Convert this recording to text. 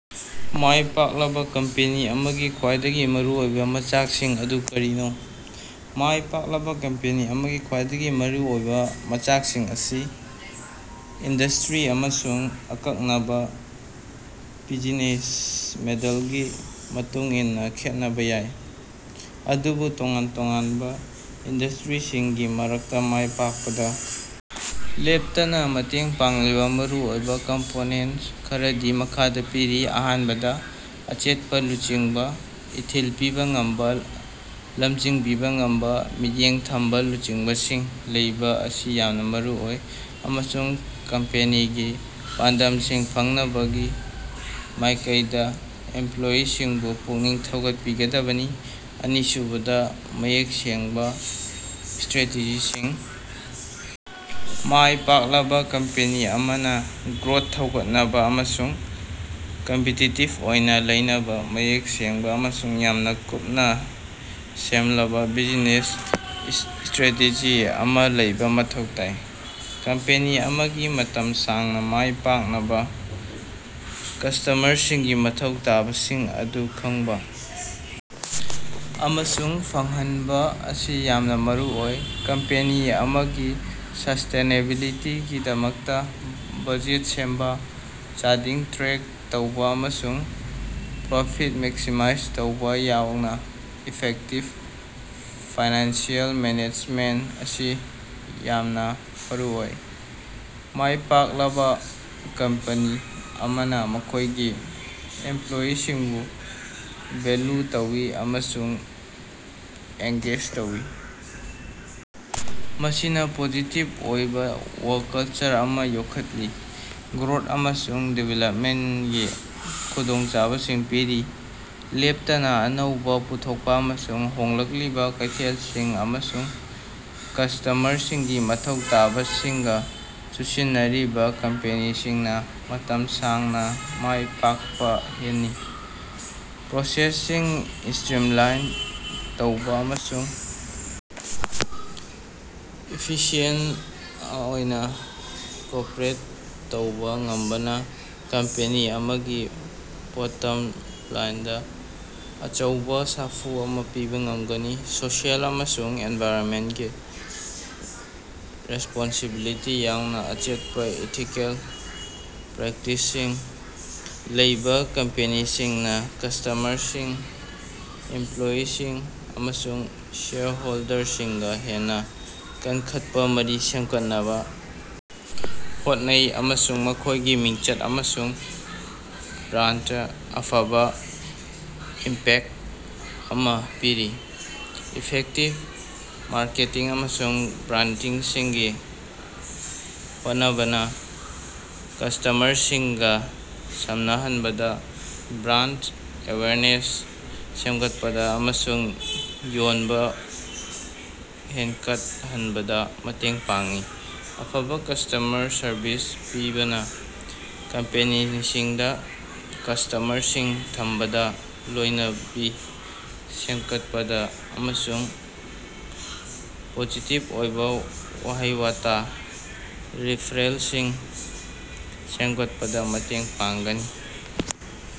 ꯃꯥꯏ ꯄꯥꯛꯂꯕꯥ ꯀꯝꯄꯦꯅꯤ ꯑꯃꯒꯤ ꯈ꯭ꯋꯥꯏꯗꯒꯤ ꯃꯔꯨꯑꯣꯏꯕꯥ ꯃꯆꯥꯛꯁꯤꯡ ꯑꯗꯨ ꯀꯔꯤꯅꯣ? ꯃꯥꯏ ꯄꯥꯛꯂꯕꯥ ꯀꯝꯄꯦꯅꯤ ꯑꯃꯒꯤ ꯈ꯭ꯋꯥꯏꯗꯒꯤ ꯃꯔꯨꯑꯣꯏꯕꯥ ꯃꯆꯥꯛꯁꯤꯡ ꯑꯁꯤ ꯏꯟꯗꯁꯇ꯭ꯔꯤ ꯑꯃꯁꯨꯡ ꯑꯀꯛꯅꯕꯥ ꯕꯤꯖꯤꯅꯦꯁ ꯃꯣꯗꯦꯜꯒꯤ ꯃꯇꯨꯡ ꯏꯟꯅꯥ ꯈꯦꯠꯅꯕꯥ ꯌꯥꯏ, ꯑꯗꯨꯕꯨ ꯇꯣꯉꯥꯟ ꯇꯣꯉꯥꯟꯕꯥ ꯏꯟꯗꯁꯇ꯭ꯔꯤꯁꯤꯡꯒꯤ ꯃꯔꯛꯇꯥ ꯃꯥꯏ ꯄꯥꯛꯄꯗꯥ ꯂꯦꯞꯇꯅꯥ ꯃꯇꯦꯡ ꯄꯥꯡꯂꯤꯕꯥ ꯃꯔꯨꯑꯣꯏꯕꯥ ꯀꯝꯄꯣꯅꯦꯟꯇ ꯈꯔꯗꯤ ꯃꯈꯥꯗꯥ ꯄꯤꯔꯤ: ꯑꯍꯥꯟꯕꯗ ꯑꯆꯦꯠꯄꯥ ꯂꯨꯆꯤꯡꯕꯥ, ꯏꯊꯤꯜ ꯄꯤꯕꯥ ꯉꯝꯕꯥ, ꯂꯃꯖꯤꯡꯕꯤꯕꯥ ꯉꯝꯕꯥ ꯃꯤꯠꯌꯦꯡ ꯊꯝꯕꯥ ꯂꯨꯆꯤꯡꯕꯁꯤꯡ ꯂꯩꯕꯥ ꯑꯁꯤ ꯌꯥꯝꯅꯥ ꯃꯔꯨꯑꯣꯏ꯫ꯑꯃꯁꯨꯡ ꯀꯝꯄꯦꯅꯤꯒꯤ ꯄꯥꯟꯗꯝꯁꯤꯡ ꯐꯪꯅꯕꯒꯤ ꯃꯥꯏꯀꯩꯗꯥ ꯏꯝꯄ꯭ꯂꯣꯏꯌꯤꯁꯤꯡꯕꯨ ꯄꯨꯛꯅꯤꯡ ꯊꯧꯒꯠꯄꯤꯒꯗꯕꯅꯤ꯫ ꯑꯅꯤꯁꯨꯕꯗꯥ ꯃꯌꯦꯛ ꯁꯦꯡꯕꯥ ꯏꯁꯇ꯭ꯔ꯭ꯦꯇꯦꯖꯤꯁꯤꯡ ꯃꯥꯏ ꯄꯥꯛꯂꯕꯥ ꯀꯝꯄꯦꯅꯤ ꯑꯃꯅꯥ ꯒ꯭ꯔꯣꯠ ꯊꯧꯒꯠꯅꯕꯥ ꯑꯃꯁꯨꯡ ꯀꯝꯄꯤꯇꯤꯇꯤꯞ ꯑꯣꯏꯅꯥ ꯂꯩꯅꯕꯥ ꯃꯌꯦꯛ ꯁꯦꯡꯕꯥ ꯑꯃꯁꯨꯡ ꯌꯥꯝꯅꯥ ꯀꯨꯞꯅꯥ ꯁꯦꯝꯂꯕꯥ ꯕꯤꯖꯤꯅꯦꯁ ꯏꯁꯇ꯭ꯔꯦꯇꯦꯖꯤ ꯑꯃꯥ ꯂꯩꯕꯥ ꯃꯊꯧ ꯇꯥꯏ꯫ ꯀꯝꯄꯦꯅꯤ ꯑꯃꯒꯤ ꯃꯇꯝ ꯁꯥꯡꯅꯥ ꯃꯥꯏ ꯄꯥꯛꯅꯕꯥ ꯀꯁꯇꯃꯔꯁꯤꯡꯒꯤ ꯃꯊꯧ ꯇꯥꯕꯁꯤꯡ ꯑꯗꯨ ꯈꯪꯕꯥ ꯑꯃꯁꯨꯡ ꯐꯪꯍꯟꯕꯥ ꯑꯁꯤ ꯌꯥꯝꯅꯥ ꯃꯔꯨꯑꯣꯏ꯫ ꯀꯝꯄꯦꯅꯤ ꯑꯃꯒꯤ ꯁꯁ꯭ꯇꯦꯅꯦꯕꯤꯂꯤꯇꯤꯒꯤꯗꯃꯛꯇꯥ ꯕꯖꯦꯠ ꯁꯦꯝꯕꯥ, ꯆꯥꯗꯤꯡ ꯇ꯭ꯔꯦꯛ ꯇꯧꯕꯥꯑꯃꯁꯨꯡ ꯄ꯭ꯔꯣꯐꯤꯠ ꯃꯦꯛꯁꯤꯃꯥꯏꯖ ꯇꯧꯕꯥ ꯌꯥꯎꯅꯥ ꯏꯐꯦꯛꯇꯤꯞ ꯐꯥꯏꯅꯥꯟꯁꯤꯑꯦꯜ ꯃꯦꯅꯦꯖꯃꯦꯟꯇ ꯑꯁꯤ ꯌꯥꯝꯅꯥ ꯃꯔꯨꯑꯣꯏ꯫ ꯃꯥꯏꯄꯥꯛꯂꯕꯥ ꯀꯝꯄꯅꯤ ꯑꯃꯅꯥ ꯃꯈꯣꯏꯒꯤ ꯏꯝꯄ꯭ꯂꯣꯏꯌꯤꯁꯤꯡꯕꯨ ꯚꯦꯜꯌꯨ ꯇꯧꯏ ꯑꯃꯁꯨꯡ ꯑꯦꯡꯒꯦꯖ ꯇꯧꯏ, ꯃꯁꯤꯅꯥ ꯄꯣꯖꯤꯇꯤꯞ ꯑꯣꯏꯕꯥ ꯋꯥꯔꯛ ꯀꯜꯆꯔ ꯑꯃꯥ ꯌꯣꯛꯈꯠꯂꯤ꯫ ꯒ꯭ꯔꯣꯠ ꯑꯃꯁꯨꯡ ꯗꯤꯚꯦꯂꯞꯃꯦꯟꯇꯒꯤ ꯈꯨꯗꯣꯡꯆꯥꯕꯁꯤꯡ ꯄꯤꯔꯤ꯫ ꯂꯦꯞꯇꯅꯥ ꯑꯅꯧꯕꯥ ꯄꯨꯊꯣꯛꯄꯥ ꯑꯃꯁꯨꯡ ꯍꯣꯡꯂꯛꯂꯤꯕꯥ ꯀꯩꯊꯦꯜꯁꯤꯡ ꯑꯃꯁꯨꯡ ꯀꯁꯇꯃꯔꯁꯤꯡꯒꯤ ꯃꯊꯧ ꯇꯥꯕꯁꯤꯡꯒꯥ ꯆꯨꯁꯤꯟꯅꯔꯤꯕꯥ ꯀꯝꯄꯦꯅꯤꯁꯤꯡꯅꯥ ꯃꯇꯝ ꯁꯥꯡꯅꯥ ꯃꯥꯏ ꯄꯥꯛꯄꯥ ꯍꯦꯟꯅꯤ꯫ ꯄ꯭ꯔꯣꯁꯦꯁꯁꯤꯡ ꯏꯁꯇ꯭ꯔꯤꯝꯂꯥꯏꯟ ꯇꯧꯕꯥ ꯑꯃꯁꯨꯡ ꯏꯐꯤꯁꯤꯌꯦꯟꯇ ꯑꯣꯏꯅꯥ ꯑꯣꯄ꯭ꯔꯦꯠ ꯇꯧꯕꯥ ꯉꯝꯕꯅꯥ ꯀꯝꯄꯦꯅꯤ ꯑꯃꯒꯤ ꯕꯣꯠꯇꯝ ꯂꯥꯏꯟꯗꯥ ꯑꯆꯧꯕꯥ ꯁꯥꯐꯨ ꯑꯃꯥ ꯄꯤꯕꯥ ꯉꯝꯒꯅꯤ꯫ ꯁꯣꯁꯤꯑꯦꯜ ꯑꯃꯁꯨꯡ ꯑꯦꯟꯚꯥꯏꯔꯟꯃꯦꯟꯇꯀꯤ ꯔꯦꯁꯄꯣꯟꯁꯤꯕꯤꯂꯤꯇꯤ ꯌꯥꯎꯅꯥ ꯑꯆꯦꯠꯄꯥ ꯏꯊꯤꯀꯦꯜ ꯄ꯭ꯔꯦꯛꯇꯤꯁꯁꯤꯡ ꯂꯩꯕꯥ ꯀꯝꯄꯦꯅꯤꯁꯤꯡꯅꯥ ꯀꯁꯇꯃꯔꯁꯤꯡ, ꯏꯝꯄ꯭ꯂꯣꯌꯤꯁꯤꯡ, ꯑꯃꯁꯨꯡ ꯁꯦꯌꯔ ꯍꯣꯜꯗꯔꯁꯤꯡꯒꯥ ꯍꯦꯟꯅꯥ ꯀꯟꯈꯠꯄꯥ ꯃꯔꯤ ꯁꯦꯝꯒꯠꯅꯕꯥ ꯍꯣꯠꯅꯩ ꯑꯃꯁꯨꯡ ꯃꯈꯣꯏꯒꯤ ꯃꯤꯡꯆꯠ ꯑꯃꯁꯨꯡ ꯕ꯭ꯔꯥꯟꯗꯗꯥ ꯑꯐꯕꯥ ꯏꯝꯄꯦꯛꯇ ꯑꯃꯥ ꯄꯤꯔꯤ꯫ ꯏꯐꯦꯛꯇꯤꯕ ꯃꯥꯔꯀꯦꯇꯤꯡ ꯑꯃꯁꯨꯡ ꯕ꯭ꯔꯥꯟꯗꯤꯡꯒꯤ ꯍꯣꯠꯅꯕꯅꯥ ꯀꯁꯇꯃꯔꯁꯤꯡꯒꯥ ꯁꯝꯅꯍꯟꯕꯗꯥ, ꯕ꯭ꯔꯥꯟꯗ ꯑꯦꯋꯦꯌꯔꯅꯦꯁ ꯁꯦꯝꯒꯠꯄꯗꯥ ꯑꯃꯁꯨꯡ ꯌꯣꯟꯕꯥ ꯍꯦꯟꯒꯠꯍꯟꯕꯗꯥ ꯃꯇꯦꯡ ꯄꯥꯡꯏ꯫ ꯑꯐꯕꯥ ꯀꯁꯇ꯭ꯃꯔ ꯁꯔꯕꯤꯁ ꯄꯤꯕꯅꯥ ꯀꯝꯄꯦꯅꯤꯁꯤꯡꯗꯥ ꯀꯁꯇꯃꯔꯁꯤꯡ ꯊꯝꯕꯗꯥ, ꯂꯣꯏꯅꯕꯤ ꯁꯦꯝꯒꯠꯄꯗꯥ ꯑꯃꯁꯨꯡ ꯄꯣꯖꯤꯇꯤꯞ ꯑꯣꯏꯕꯥ ꯋꯥꯍꯩ-ꯋꯥꯇꯥ ꯔꯤꯐꯔꯦꯜꯁꯤꯡ ꯁꯦꯝꯒꯠꯄꯗꯥ ꯃꯇꯦꯡ ꯄꯥꯡꯒꯅꯤ꯫